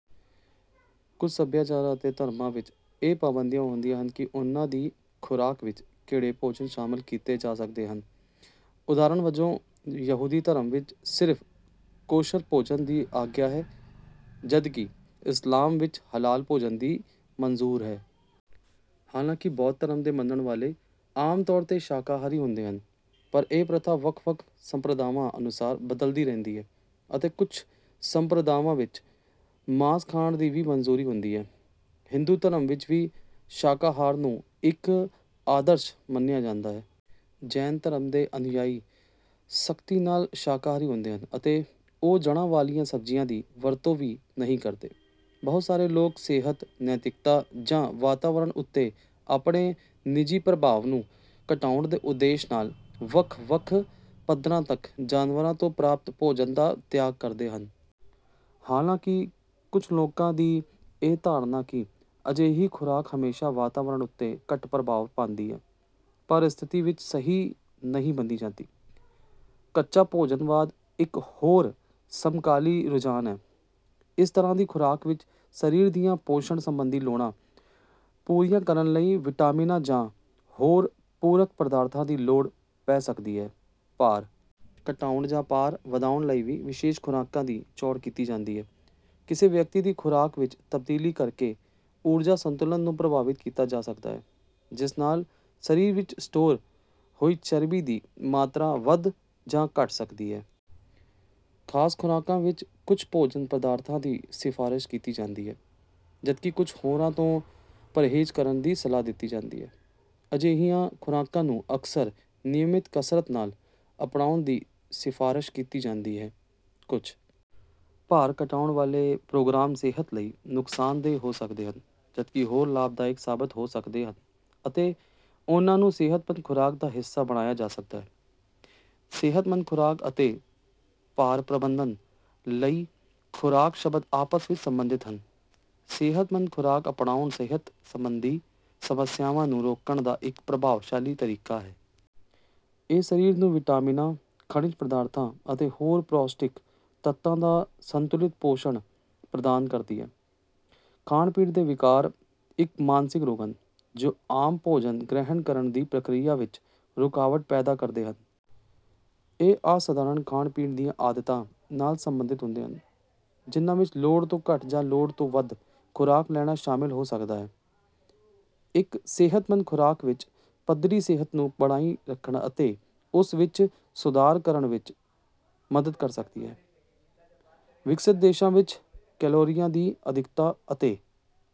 ਕੁਝ ਸਭਿਆਚਾਰਾਂ ਅਤੇ ਧਰਮਾਂ ਵਿੱਚ ਇਹ ਪਾਬੰਦੀਆਂ ਹੁੰਦੀਆਂ ਹਨ ਕਿ ਉਨ੍ਹਾਂ ਦੀ ਖੁਰਾਕ ਵਿੱਚ ਕਿਹੜੇ ਭੋਜਨ ਸ਼ਾਮਲ ਕੀਤੇ ਜਾ ਸਕਦੇ ਹਨ। ਉਦਾਹਰਨ ਵਜੋਂ, ਯਹੂਦੀ ਧਰਮ ਵਿੱਚ ਸਿਰਫ਼ ਕੋਸ਼ਰ ਭੋਜਨ ਦੀ ਆਗਿਆ ਹੈ, ਜਦਕਿ ਇਸਲਾਮ ਵਿੱਚ ਹਲਾਲ ਭੋਜਨ ਹੀ ਮਨਜ਼ੂਰ ਹੈ। ਹਾਲਾਂਕਿ ਬੌਧ ਧਰਮ ਦੇ ਮੰਨਣ ਵਾਲੇ ਆਮ ਤੌਰ ’ਤੇ ਸ਼ਾਕਾਹਾਰੀ ਹੁੰਦੇ ਹਨ, ਪਰ ਇਹ ਪ੍ਰਥਾ ਵੱਖ-ਵੱਖ ਸੰਪਰਦਾਵਾਂ ਅਨੁਸਾਰ ਬਦਲਦੀ ਰਹਿੰਦੀ ਹੈ ਅਤੇ ਕੁਝ ਸੰਪਰਦਾਵਾਂ ਵਿੱਚ ਮਾਸ ਖਾਣ ਦੀ ਵੀ ਮਨਜ਼ੂਰੀ ਹੁੰਦੀ ਹੈ। ਹਿੰਦੂ ਧਰਮ ਵਿੱਚ ਵੀ ਸ਼ਾਕਾਹਾਰ ਨੂੰ ਇੱਕ ਆਦਰਸ਼ ਮੰਨਿਆ ਜਾਂਦਾ ਹੈ। ਜੈਨ ਧਰਮ ਦੇ ਅਨੁਯਾਈ ਸਖ਼ਤੀ ਨਾਲ ਸ਼ਾਕਾਹਾਰੀ ਹੁੰਦੇ ਹਨ ਅਤੇ ਉਹ ਜੜ੍ਹਾਂ ਵਾਲੀਆਂ ਸਬਜ਼ੀਆਂ ਦੀ ਵਰਤੋਂ ਵੀ ਨਹੀਂ ਕਰਦੇ। ਬਹੁਤ ਸਾਰੇ ਲੋਕ ਸਿਹਤ, ਨੈਤਿਕਤਾ ਜਾਂ ਵਾਤਾਵਰਣ ਉੱਤੇ ਆਪਣੇ ਨਿੱਜੀ ਪ੍ਰਭਾਵ ਨੂੰ ਘਟਾਉਣ ਦੇ ਉਦੇਸ਼ ਨਾਲ ਵੱਖ-ਵੱਖ ਪੱਧਰਾਂ ਤੱਕ ਜਾਨਵਰਾਂ ਤੋਂ ਪ੍ਰਾਪਤ ਭੋਜਨ ਦਾ ਤਿਆਗ ਕਰਦੇ ਹਨ। ਹਾਲਾਂਕਿ, ਕੁਝ ਲੋਕਾਂ ਦੀ ਇਹ ਧਾਰਨਾ ਕਿ ਅਜਿਹੀ ਖੁਰਾਕ ਹਮੇਸ਼ਾਂ ਵਾਤਾਵਰਣ ਉੱਤੇ ਘੱਟ ਪ੍ਰਭਾਵ ਪਾਂਦੀ ਹੈ, ਹਰ ਸਥਿਤੀ ਵਿੱਚ ਸਹੀ ਨਹੀਂ ਮੰਨੀ ਜਾਂਦੀ। ਕੱਚਾ ਭੋਜਨਵਾਦ ਇੱਕ ਹੋਰ ਸਮਕਾਲੀ ਰੁਝਾਨ ਹੈ। ਇਸ ਤਰ੍ਹਾਂ ਦੀ ਖੁਰਾਕ ਵਿੱਚ ਸਰੀਰ ਦੀਆਂ ਪੋਸ਼ਣ ਸੰਬੰਧੀ ਲੋੜਾਂ ਪੂਰੀਆਂ ਕਰਨ ਲਈ ਵਿਟਾਮਿਨਾਂ ਜਾਂ ਹੋਰ ਪੂਰਕ ਪਦਾਰਥਾਂ ਦੀ ਲੋੜ ਪੈ ਸਕਦੀ ਹੈ। ਭਾਰ ਘਟਾਉਣ ਜਾਂ ਭਾਰ ਵਧਾਉਣ ਲਈ ਵੀ ਵਿਸ਼ੇਸ਼ ਖੁਰਾਕਾਂ ਦੀ ਚੋਣ ਕੀਤੀ ਜਾਂਦੀ ਹੈ। ਕਿਸੇ ਵਿਅਕਤੀ ਦੀ ਖੁਰਾਕ ਵਿੱਚ ਤਬਦੀਲੀ ਕਰਕੇ ਊਰਜਾ ਸੰਤੁਲਨ ਨੂੰ ਪ੍ਰਭਾਵਿਤ ਕੀਤਾ ਜਾ ਸਕਦਾ ਹੈ, ਜਿਸ ਨਾਲ ਸਰੀਰ ਵਿੱਚ ਸਟੋਰ ਹੋਈ ਚਰਬੀ ਦੀ ਮਾਤਰਾ ਵਧ ਜਾਂ ਘਟ ਸਕਦੀ ਹੈ। ਖ਼ਾਸ ਖੁਰਾਕਾਂ ਵਿੱਚ ਕੁਝ ਭੋਜਨ ਪਦਾਰਥਾਂ ਦੀ ਸਿਫ਼ਾਰਸ਼ ਕੀਤੀ ਜਾਂਦੀ ਹੈ, ਜਦਕਿ ਕੁਝ ਹੋਰਾਂ ਤੋਂ ਪਰਹੇਜ਼ ਕਰਨ ਦੀ ਸਲਾਹ ਦਿੱਤੀ ਜਾਂਦੀ ਹੈ। ਅਜਿਹੀਆਂ ਖੁਰਾਕਾਂ ਨੂੰ ਅਕਸਰ ਨਿਯਮਿਤ ਕਸਰਤ ਨਾਲ ਅਪਣਾਉਣ ਦੀ ਸਿਫ਼ਾਰਸ਼ ਕੀਤੀ ਜਾਂਦੀ ਹੈ। ਕੁਝ ਭਾਰ ਘਟਾਉਣ ਵਾਲੇ ਪ੍ਰੋਗਰਾਮ ਸਿਹਤ ਲਈ ਨੁਕਸਾਨਦੇਹ ਹੋ ਸਕਦੇ ਹਨ, ਜਦਕਿ ਹੋਰ ਲਾਭਦਾਇਕ ਸਾਬਤ ਹੋ ਸਕਦੇ ਹਨ ਅਤੇ ਉਨ੍ਹਾਂ ਨੂੰ ਸਿਹਤਮੰਦ ਖੁਰਾਕ ਦਾ ਹਿੱਸਾ ਬਣਾਇਆ ਜਾ ਸਕਦਾ ਹੈ। “ਸਿਹਤਮੰਦ ਖੁਰਾਕ” ਅਤੇ “ਭਾਰ ਪ੍ਰਬੰਧਨ ਲਈ ਖੁਰਾਕ” ਸ਼ਬਦ ਆਪਸ ਵਿੱਚ ਸੰਬੰਧਿਤ ਹਨ, ਸਿਹਤਮੰਦ ਖੁਰਾਕ ਅਪਣਾਉਣਾ ਸਿਹਤ ਸੰਬੰਧੀ ਸਮੱਸਿਆਵਾਂ ਨੂੰ ਰੋਕਣ ਦਾ ਇੱਕ ਪ੍ਰਭਾਵਸ਼ਾਲੀ ਤਰੀਕਾ ਹੈ। ਇਹ ਸਰੀਰ ਨੂੰ ਵਿਟਾਮਿਨਾਂ, ਖਣਿਜ ਪਦਾਰਥਾਂ ਅਤੇ ਹੋਰ ਪੌਸ਼ਟਿਕ ਤੱਤਾਂ ਦਾ ਸੰਤੁਲਿਤ ਪੋਸ਼ਣ ਪ੍ਰਦਾਨ ਕਰਦੀ ਹੈ। ਖਾਣ-ਪੀਣ ਦੇ ਵਿਕਾਰ। ਇੱਕ ਮਾਨਸਿਕ ਰੋਗ ਹਨ, ਜੋ ਆਮ ਭੋਜਨ ਗ੍ਰਹਿਣ ਕਰਨ ਦੀ ਪ੍ਰਕਿਰਿਆ ਵਿੱਚ ਰੁਕਾਵਟ ਪੈਦਾ ਕਰਦੇ ਹਨ। ਇਹ ਅਸਧਾਰਣ ਖਾਣ-ਪੀਣ ਦੀਆਂ ਆਦਤਾਂ ਨਾਲ ਸੰਬੰਧਿਤ ਹੁੰਦੇ ਹਨ, ਜਿਨ੍ਹਾਂ ਵਿੱਚ ਲੋੜ ਤੋਂ ਘੱਟ ਜਾਂ ਲੋੜ ਤੋਂ ਵੱਧ ਖੁਰਾਕ ਲੈਣਾ ਸ਼ਾਮਲ ਹੋ ਸਕਦਾ ਹੈ। ਇੱਕ ਸਿਹਤਮੰਦ ਖੁਰਾਕ ਉੱਚ ਪੱਧਰੀ ਸਿਹਤ ਨੂੰ ਬਣਾਈ ਰੱਖਣ ਅਤੇ ਉਸ ਵਿੱਚ ਸੁਧਾਰ ਕਰਨ ਵਿੱਚ ਮਦਦ ਕਰ ਸਕਦੀ ਹੈ। ਵਿਕਸਤ ਦੇਸ਼ਾਂ ਵਿੱਚ, ਕੈਲੋਰੀਆਂ ਦੀ ਅਧਿਕਤਾ ਅਤੇ…